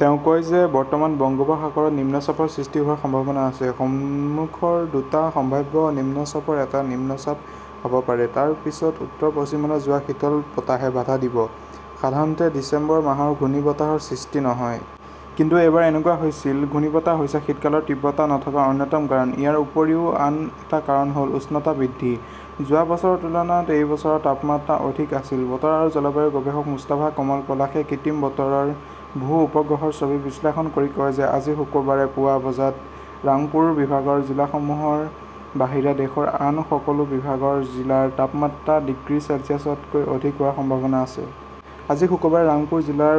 তেওঁ কয় যে বৰ্তমান বংগোপসাগৰত নিম্নচাপৰ সৃষ্টি হোৱাৰ সম্ভাৱনা আছে। সন্মুখৰ দুটা সম্ভাৱ্য নিম্নচাপৰ এটা নিম্নচাপ হ "ব পাৰে। তাৰ পিছত উত্তৰ-পশ্চিমলৈ যোৱা শীতল বতাহে বাধা দিব। সাধাৰণতে ডিচেম্বৰ মাহত ঘূৰ্ণীবতাহৰ সৃষ্টি নহয়। কিন্তু এইবাৰ এনেকুৱা হৈছিল। ঘূৰ্ণীবতাহ হৈছে শীতকালৰ তীব্ৰতা নথকাৰ অন্যতম কাৰণ। ইয়াৰ উপৰিও আন এটা কাৰণ হ "ল উষ্ণতা বৃদ্ধি। যোৱা বছৰৰ তুলনাত এই বছৰ তাপমাত্ৰা অধিক আছিল। বতৰ আৰু জলবায়ু গৱেষক মুস্তাফা কমল পলাশে কৃত্ৰিম বতৰৰ ভূ-উপগ্ৰহৰ ছবি বিশ্লেষণ কৰি কয় যে আজি শুক্ৰবাৰে পুৱা বজাত ৰাংপুৰ বিভাগৰ জিলাসমূহৰ বাহিৰে দেশৰ আন সকলো বিভাগৰ জিলাৰ তাপমাত্ৰা ডিগ্ৰী চেলছিয়াছতকৈ অধিক হোৱাৰ সম্ভাৱনা আছে। আজি শুক্ৰবাৰে ৰাংপুৰ জিলাৰ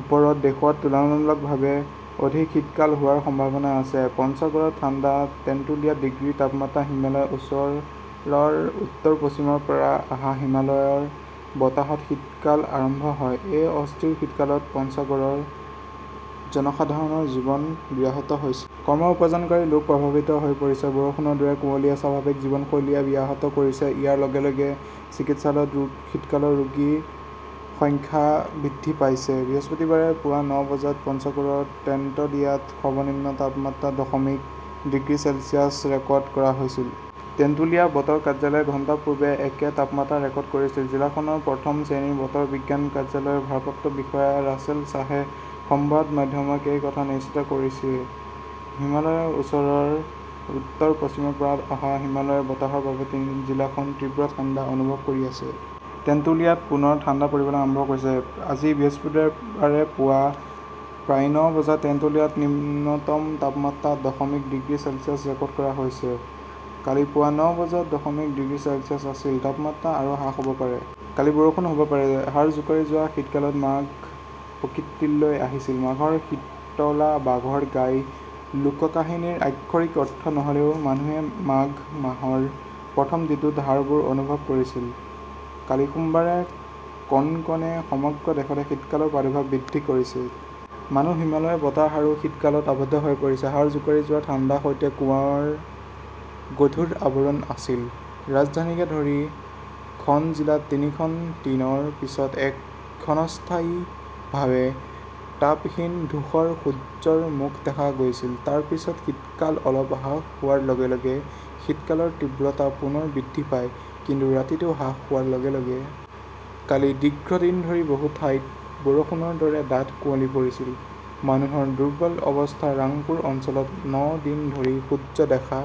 ওপৰত দেশত তুলনামূলকভাৱে অধিক শীতকাল হোৱাৰ সম্ভাৱনা আছে। পঞ্চগড়ত ঠাণ্ডা, টেন্টুলিয়াত ডিগ্ৰী তাপমাত্ৰা হিমালয়ৰ ওচৰৰ উত্তৰ-পশ্চিমৰ পৰা অহা হিমালয়ৰ বতাহত শীতকাল আৰম্ভ হয়। এই অস্থিৰ শীতকালত পঞ্চগড়ৰ জনসাধাৰণৰ জীৱন ব্যাহত হৈছে। কম উপাৰ্জনকাৰী লোক প্ৰভাৱিত হৈ পৰিছে। বৰষুণৰ দৰে কুঁৱলীয়ে স্বাভাৱিক জীৱনশৈলী ব্যাহত কৰিছে। ইয়াৰ লগে লগে চিকিৎসালয়ত শীতকালৰ ৰোগীৰ সংখ্যা বৃদ্ধি পাইছে। বৃহস্পতিবাৰে পুৱা ন বজাত পঞ্চগড়ৰ তেন্তুলিয়াত সৰ্বনিম্ন তাপমাত্ৰা দশমিক ডিগ্ৰী চেলছিয়াছ ৰেকৰ্ড কৰা হৈছিল। টেন্টুলিয়া বতৰ কাৰ্যালয়ে ঘণ্টা পূৰ্বে একে তাপমাত্ৰা ৰেকৰ্ড কৰিছিল। জিলাখনৰ প্ৰথম শ্ৰেণীৰ বতৰ বিজ্ঞান কাৰ্যালয়ৰ ভাৰপ্ৰাপ্ত বিষয়া ৰাছেল শ্বাহে সংবাদ মাধ্যমক এই কথা নিশ্চিত কৰিছে। "হিমালয়ৰ ওচৰৰ উত্তৰ-পশ্চিমৰ পৰা অহা হিমালয়ৰ বতাহৰ বাবে জিলাখন তীব্ৰ ঠাণ্ডা অনুভৱ কৰি আছে। টেন্টুলিয়াত পুনৰ ঠাণ্ডা পৰিবলৈ আৰম্ভ কৰিছে। আজি বৃহস্পতিবাৰে পুৱা প্ৰায় ন বজাত তেন্তুলিয়াত নিম্নতম তাপমাত্ৰা দশমিক ডিগ্ৰী চেলছিয়াছ ৰেকৰ্ড কৰা হৈছিল। কালি পুৱা ন বজাত দশমিক ডিগ্ৰী চেলছিয়াছ আছিল। তাপমাত্ৰা আৰু হ্ৰাস হ "ব পাৰে। "। কালি বৰষুণ হ "ব পাৰে হাড় জোকাৰি যোৱা শীতকালত মাঘ প্ৰকৃতিলৈ আহিছিল। 'মাঘৰ শীতলা বাঘৰ গাই "-লোককাহিনীৰ আক্ষৰিক অৰ্থ নহ" লেও, মানুহে মাঘ মাহৰ প্ৰথম দিনটোত হাড়বোৰ অনুভৱ কৰিছিল। কালি সোমবাৰে কনকনে সমগ্ৰ দেশতে শীতকালৰ প্ৰাদুৰ্ভাৱ বৃদ্ধি কৰিছিল। মানুহ হিমালয়ৰ বতাহ আৰু শীতকালত আৱদ্ধ হৈ পৰিছে। হাড় জোকাৰি যোৱা ঠাণ্ডাৰ সৈতে কুৱাৰ গধুৰ আৱৰণ আছিল। ৰাজধানীকে ধৰি খন জিলাত তিনি দিনৰ পিছত এক ক্ষণস্থায়ীভাৱে তাপহীন-ধূসৰ সূৰ্যৰ মুখ দেখা গৈছিল। তাৰ পিছত শীতকাল অলপ হ্ৰাস হোৱাৰ লগে লগে শীতকালৰ তীব্ৰতা পুনৰ বৃদ্ধি পায়, কিন্তু ৰাতিটো হ্ৰাস হোৱাৰ লগে লগে। কালি দীৰ্ঘদিন ধৰি বহু ঠাইত বৰষুণৰ দৰে ডাঠ কুঁৱলী পৰিছিল। মানুহৰ দুৰ্বল অৱস্থা। ৰাংপুৰ অঞ্চলত ন দিন ধৰি সূৰ্য দেখা